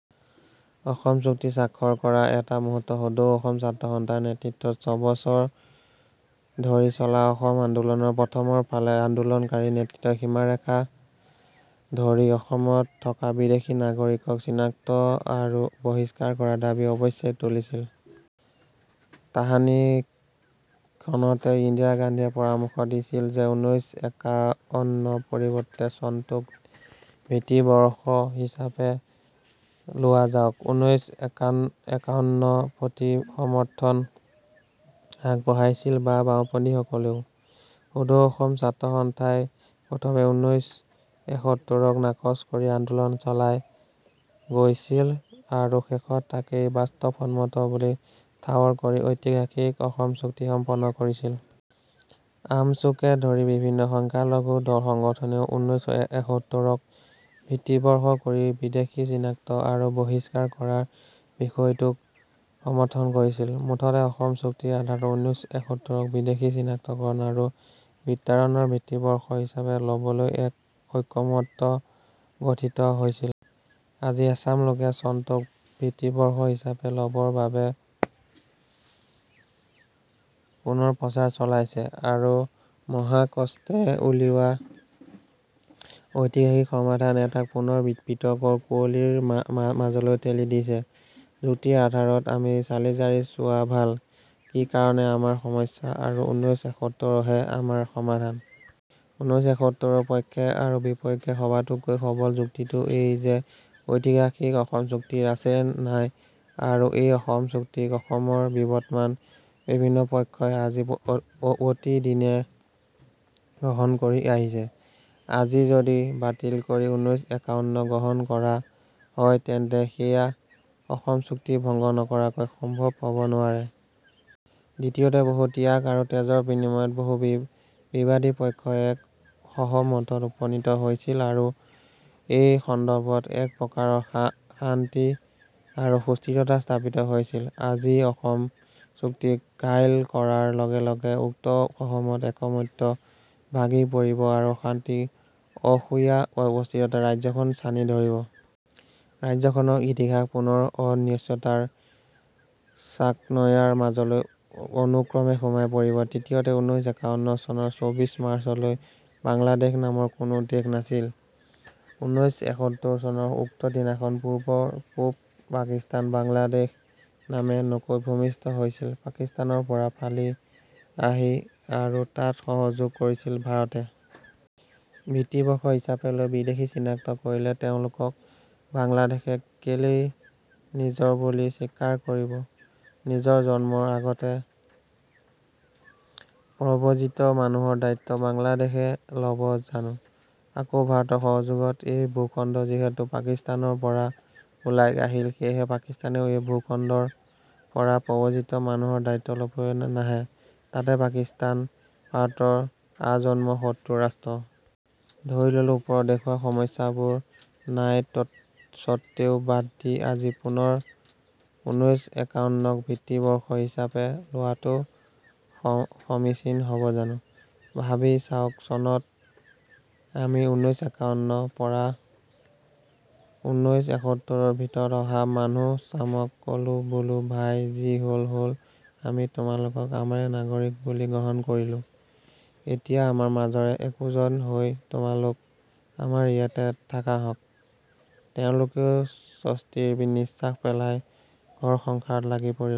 অসম চুক্তি স্বাক্ষৰ কৰা এটা মুহূৰ্ত সদৌ অসম ছাত্ৰ সন্থাৰ নেতৃত্বত ছবছৰ ধৰি চলা অসম আন্দোলনৰ প্ৰথমৰ ফালে আন্দোলনকাৰী নেতৃত্বই সীমাৰেখা ধৰি অসমত থকা বিদেশী নাগৰিকক চিনাক্ত আৰু বহিষ্কাৰ কৰাৰ দাবী অৱশ্যেই তুলিছিল। তাহানিখনতে ইন্দিৰা গান্ধীয়ে পৰামৰ্শ দিছিল যে উনৈশএকাৱন্ন পৰিৱৰ্তে চনটোক ভিত্তিবৰ্ষ হিচাপে লোৱা যাওক । উনৈশএকাৱন্ন প্ৰতি সমৰ্থন আগ বঢ়াইছিল বাওঁপন্থীসকলেও। সদৌ অসম ছাত্ৰ সন্থাই প্ৰথমে উনৈশ এসত্তৰক নাকচ কৰি আন্দোলন চলাই গৈছিল আৰু শেষত তাকেই বাস্তৱসন্মত বুলি ঠাৱৰ কৰি ঐতিহাসিক অসম চুক্তি সম্পন্ন কৰিছিল। আমছুকে ধৰি বিভিন্ন সংখ্যালঘু দলসংগঠনেও উনৈশ এসত্তৰক ভিত্তিবৰ্ষ কৰি বিদেশী চিনাক্ত আৰু বহিষ্কাৰ কৰাৰ বিষয়টোক সমৰ্থন কৰিছিল। মুঠতে অসম চুক্তিৰ আধাৰত উনৈশ এসত্তৰক বিদেশী চিনাক্তকৰণ আৰু বিতাড়নৰ ভিত্তিবৰ্ষ হিচাপে লবলৈ এক ঐকমত্য গঠিত হৈছিল। আজি এচাম লোকে চনটোক ভিত্তিবৰ্ষ হিচাপে লবৰ বাবে পুনৰ প্ৰচাৰ চলাইছে আৰু মহাকষ্টে উলিওৱা ঐতিহাসিক সমাধান এটাক পুনৰ বিতৰ্কৰ কুঁৱলীৰ মাজলৈ ঠেলি দিছে। যুক্তিৰ আধাৰত আমি চালিজাৰি চোৱা ভাল, কি কাৰণে আমাৰ সমস্যা আৰু উনৈশ এসত্তৰহে আমাৰ সমাধান। উনৈশ এসত্তৰৰ পক্ষে আৰু বিপক্ষে সবাতোকৈ সবল যুক্তিটো এই যে ঐতিহাসিক অসম চুক্তিত আছে নাই আৰু এই অসম চুক্তিক অসমৰ বিবদমান বিভিন্ন পক্ষই আজি অতদিনে গ্ৰহণ কৰি আহিছে। আজি যদি বাতিল কৰি উনৈশএকাৱন্ন গ্ৰহণ কৰা হয় তেন্তে সেয়া অসম চুক্তি ভংগ নকৰাকৈ সম্ভৱ হব নোৱাৰে। দ্বিতীয়তে বহু ত্যাগ আৰু তেজৰ বিনিময়ত বহু বিবাদী পক্ষই এক সহমতত উপনীত হৈছিল আৰু এই সন্দৰ্ভত একপ্ৰকাৰ শান্তি আৰু সুস্থিৰতা স্থাপিত হৈছিল। আজি অসম চুক্তিক ঘাইল কৰাৰ লগে লগে উক্ত সহমত ঐকমত্য ভাগি পৰিব আৰু অশান্তি অসূয়া অস্থিৰতাই ৰাজ্যখন ছানি ধৰিব । ৰাজ্যখনৰ ইতিহাস পুনৰ অনিশ্চয়তাৰ চাকনৈয়াৰ মাজলৈ অনুক্ৰমে সোমাই পৰিব। তৃতীয়তে উনৈশএকাৱন্ন চনৰ চৌবিশ মাৰ্চলৈ বাংলাদেশ নামৰ কোনো দেশ নাছিল। উনৈশ এসত্তৰ চনৰ উক্ত দিনাখন পূৰ্বৰ পূব পাকিস্তান বাংলাদেশ নামে নকৈ ভূমিষ্ঠ হৈছিল, পাকিস্তানৰ পৰা ফালি আহি আৰু তাত সহযোগ কৰিছিল ভাৰতে। ভিত্তিবৰ্ষ হিচাপে লৈ বিদেশী চিনাক্ত কৰিলে তেওঁলোকক বাংলাদেশে কেলেই নিজৰ বুলি স্বীকাৰ কৰিব। নিজৰ জন্মৰ আগতে প্ৰব্ৰজিত মানুহৰ দায়িত্ব বাংলাদেশে লব জানো ।আকৌ ভাৰতৰ সহযোগত সেই ভূখণ্ড যিহেতু পাকিস্তানৰ পৰা ওলাই আহিল সেয়েহে পাকিস্তানেও সেই ভূখণ্ডৰ পৰা প্ৰব্ৰজিত মানুহৰ দায়িত্ব লবলৈ নাহে, তাতে পাকিস্তান ভাৰতৰ আজন্ম শত্ৰু ৰাষ্ট্ৰ। ধৰি ললোঁ ওপৰত দেখুওৱা সমস্যাবোৰ নাইতৎসত্ত্বেও বাদ দি আজি পুনৰ উনৈশএকাৱন্নক ভিত্তিবৰ্ষ হিচাপে লোৱাটো সমীচীন হব জানো, ভাবি চাওক চনত আমি উনৈশএকাৱন্ন পৰা উনৈশ এসত্তৰৰ ভিতৰত অহা মানুহচামক কলোঁ বোলোঁ ভাই যি হল হ'ল আমি তোমালোকক আমাৰে নাগৰিক বুলি গ্ৰহণ কৰিলোঁ এতিয়া আমাৰ মাজৰে একোজন হৈ তোমালোক আমাৰ ইয়াতে থাকাহঁক, তেওঁলোকেও স্বস্তিৰ নিশ্বাস পেলাই ঘৰসংসাৰত লাগি পৰিল।